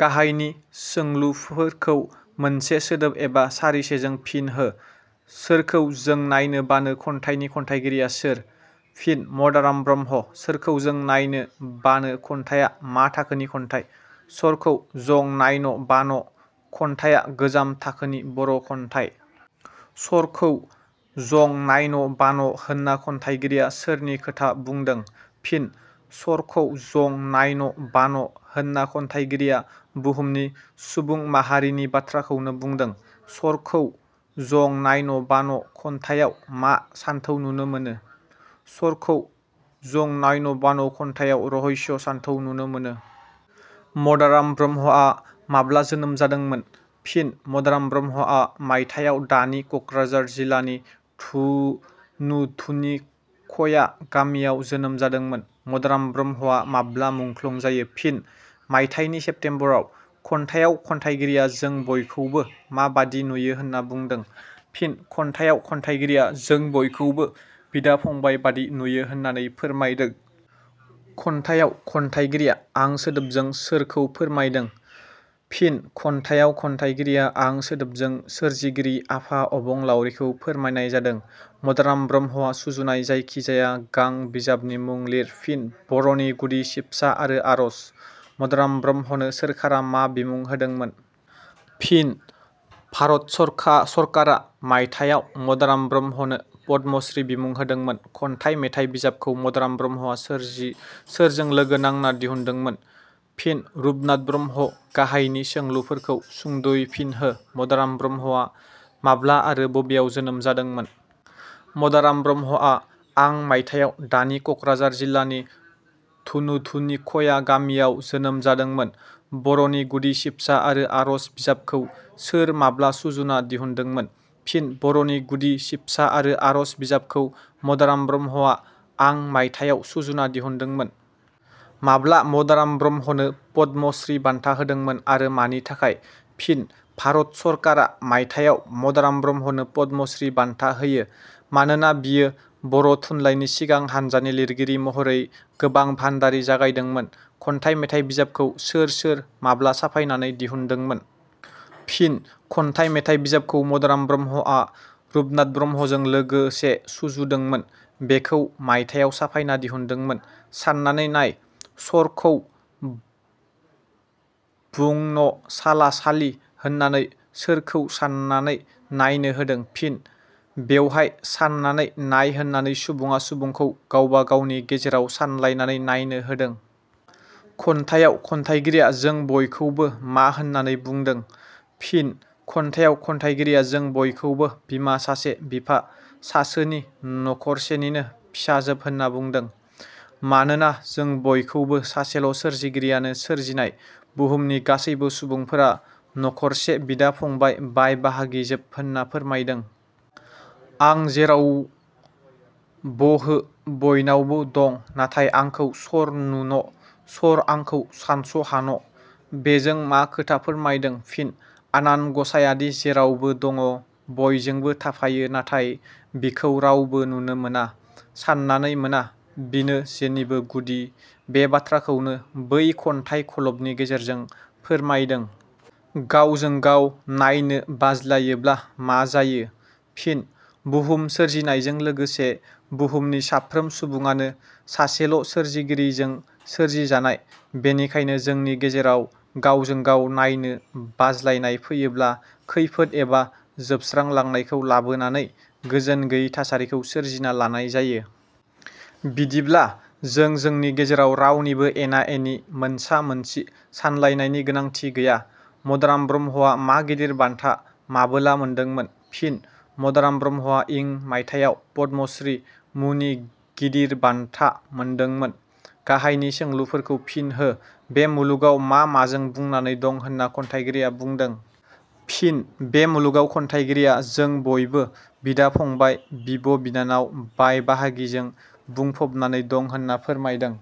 गाहायनि सोंलुफोरखौ मोनसे सोदोब एबा सारिसेजों फिन हो 'छरखौ जं नाइन बान' खन्थाइनि खन्थाइगिरिया सोर? फिनः मदाराम ब्रह्म। 'छरखौ जं नाइन बान' खन्थाइया मा थाखोनि खन्थाइ? फिनः 'छरखौ जं नाइन बान' खन्थाइया गोजाम थाखोनि बर' खन्थाइ। 'छरखौ जं नाइन बान' होनना खन्थाइगिरिया सोरनि खोथा बुंदों? फिन: 'छरखौ जं नाइन बान' होनना खन्थाइगिरिया बुहुमनि सुबुं माहारिनि बाथ्राखौनो बुंदों। 'छरखौ जं नाइन' बान' खन्थाइयाव मा सानथौ नुनो मोनो? फिनः' छरखौ जं नाइन बान' खन्थाइयाव रहस्य सानथौ नुनो मोनो। मदाराम ब्रह्मआ माब्ला जोनोम जादोंमोन? फिनः मदाराम ब्रह्मआ मायथाइयाव दानि कक्राझार जिलानि धनुधुनिखया गामियाव जोनोम जादोंमोन। मदाराम ब्रह्मआ माब्ला मुख्लं जायो? फिनः मायथाइनि सेप्तेम्बराव। खन्थाइयाव खन्थाइगिरिया जों बयखौबो माबादि नुयो होनना बुंदों? फिनः खन्थाइयाव खन्थाइगिरिया जों बयखौबो बिदा- फंबाइ बादि नुयो होननानै फोरमायदों। खन्थाइयाव खन्थाइगिरिया 'आं' सोदोबजों सोरखौ फोरमायदों? फिनः खन्थाइयाव खन्थाइगिरिया 'आं' सोदोबजों सोरजिगिरि आफा अबंलावरिखौ फोरमायनाय जादों। मदाराम ब्रह्मआ सुजुनाय जायखि जाया गां बिजाबनि मुं लिर। फिनः बर 'नि गुदि सिबसा आरो आरज। मदाराम ब्रह्मनो सोरखारा मा बिमुं होदोंमोन? फिनः भारत सरकारा मायथाइयाव मदाराम ब्रह्मनो 'पद्मसि' बिमुं होदोंमोन। खन्थाइ मेथाइ बिजाबखौ मदाराम ब्रह्मआ सोरजों लोगो नांना दिहुनदोंमोन? फिनः रुपनाथ ब्रह्म गाहायनि सोंलुफोरखौ सुंदयै फिन हो मदाराम ब्रह्मआ माब्ला आरो बबेयाव जोनोम जादोंमोन? फिनः मदाराम ब्रह्मआ आं मायथाइयाव दानि कक्राझार जिलानि धनुधुनिखया गामियाव जोनोम जादोंमोन। "बर 'नि गुदि सिबसा आरो आरज" बिजाबखौ सोर माब्ला सुजुना दिहुनदोंमोन? फिनः 'बर 'नि गुदि सिबसा आरो आरज' बिजाबखौ मदाराम ब्रह्मआ आं मायथाइयाव सुजुना दिहुनदोंमोन। माब्ला मदाराम ब्रह्मनो पद्मस्रि बान्था होदोंमोन आरो मानि थाखाय? फिनः भारत सरकारा मायथाइयाव मदाराम ब्रह्मनो 'पद्मस्रि' बान्था होयो। मानोना बियो बर' थुनलाइनि सिगां हान्जानि लिरगिरि महरै गोबां भान्दारि जागायदोंमोन। 'खन्थाइ-मेथाइ' बिजाबखौ सोर सोर, माब्ला साफायनानै दिहुनदोंमोन? फिनः 'खन्थाइ-मेथाइ' बिजाबखौ मदाराम ब्रह्मआ रुपनाथ ब्रह्मजों लोगोसे सुजुदोंमोन। बेखौ मायथाइयाव साफायना दिहुनदोंमोन। 'साननानै नाय सरखौ बुंन साला सालि' होननानै सोरखौ साननानै नायनो होदों? फिनः बेवहाय 'साननानै नाय' होननानै सुबुङा सुबुंखौ गावबा-गावनि गेजेराव सानलायनानै नायनो होदों। खन्थाइयाव खन्थाइगिरिया जों बयखौबो मा होननानै बुंदों? फिनः खन्थाइयाव खन्थाइगिरिया जों बयखौबो बिमा सासे बिफा सासोनि नखरसेनिनो फिसाजोब होनना बुंदों। मानोना जों बयखौबो सासेल' सोरजिगिरियानो सोरजिनाय बुहुमनि गासैबो सुबुंफोरा नखरसे बिदा- फंबाइ, बाय-बाहागिजोब होनना फोरमायदों। "आं जेरावबहो बइनावब' दं, नाथाय आंखौ सर नुन सर आंखौ सानस हान? " बेजों मा खोथा फोरमायदों। फिनः आनान गसाइयादि जेरावबो दङ', बयजोंबो थाफायो नाथाय बिखौ रावबो नुनो मोना, साननानै मोना। बिनो जेनिबो गुदि, बे बाथ्राखौनो बै खन्थाइ खलबनि गेजेरजों फोरमायदों। गावजों गाव नायनो बाज्लायोब्ला मा जायो? फिनः बुहुम सोरजिनायजों लोगोसे बुहुमनि साफ्रोम सुबुङानो सासेल' सोरजिगिरिजों सोरजिजानाय। बेनिखायनो जोंनि गेजेराव गावजों गाव नायनो बाज्लायनाय फैयोब्ला खैफोद एबा जोबस्रांलांनायखौ लाबोनानै गोजोन गैयै थासारिखौ सोरजिना लानाय जायो। बिब्दिब्ला जों जोंनि गेजेराव रावनिबो एना- एनि मोनसा-मोनसि सानलायनायनि गोनांथि गैया। मदाराम ब्रह्मआ मा गिदिर बान्था माबोला मोनदोंमोन? फिनः मदाराम ब्रह्मआ इं माइथायाव पद्मस्रि मुनि गिदिर बान्धा मोन्दोंमोन। गाहायनि सोंलुफोरखौ फिन हो बे मुलुगाव मा माजों बुंनानै दं होनना खन्थाइगिरिया बुंदों? फिनः बे मुलुगाव खन्थाइगिरिया जों बयबो बिदा- फंबाइ, बिब'-बिनानाव, बाय-बाहागिजों बुंफबनानै दं होनना फोरमायदों।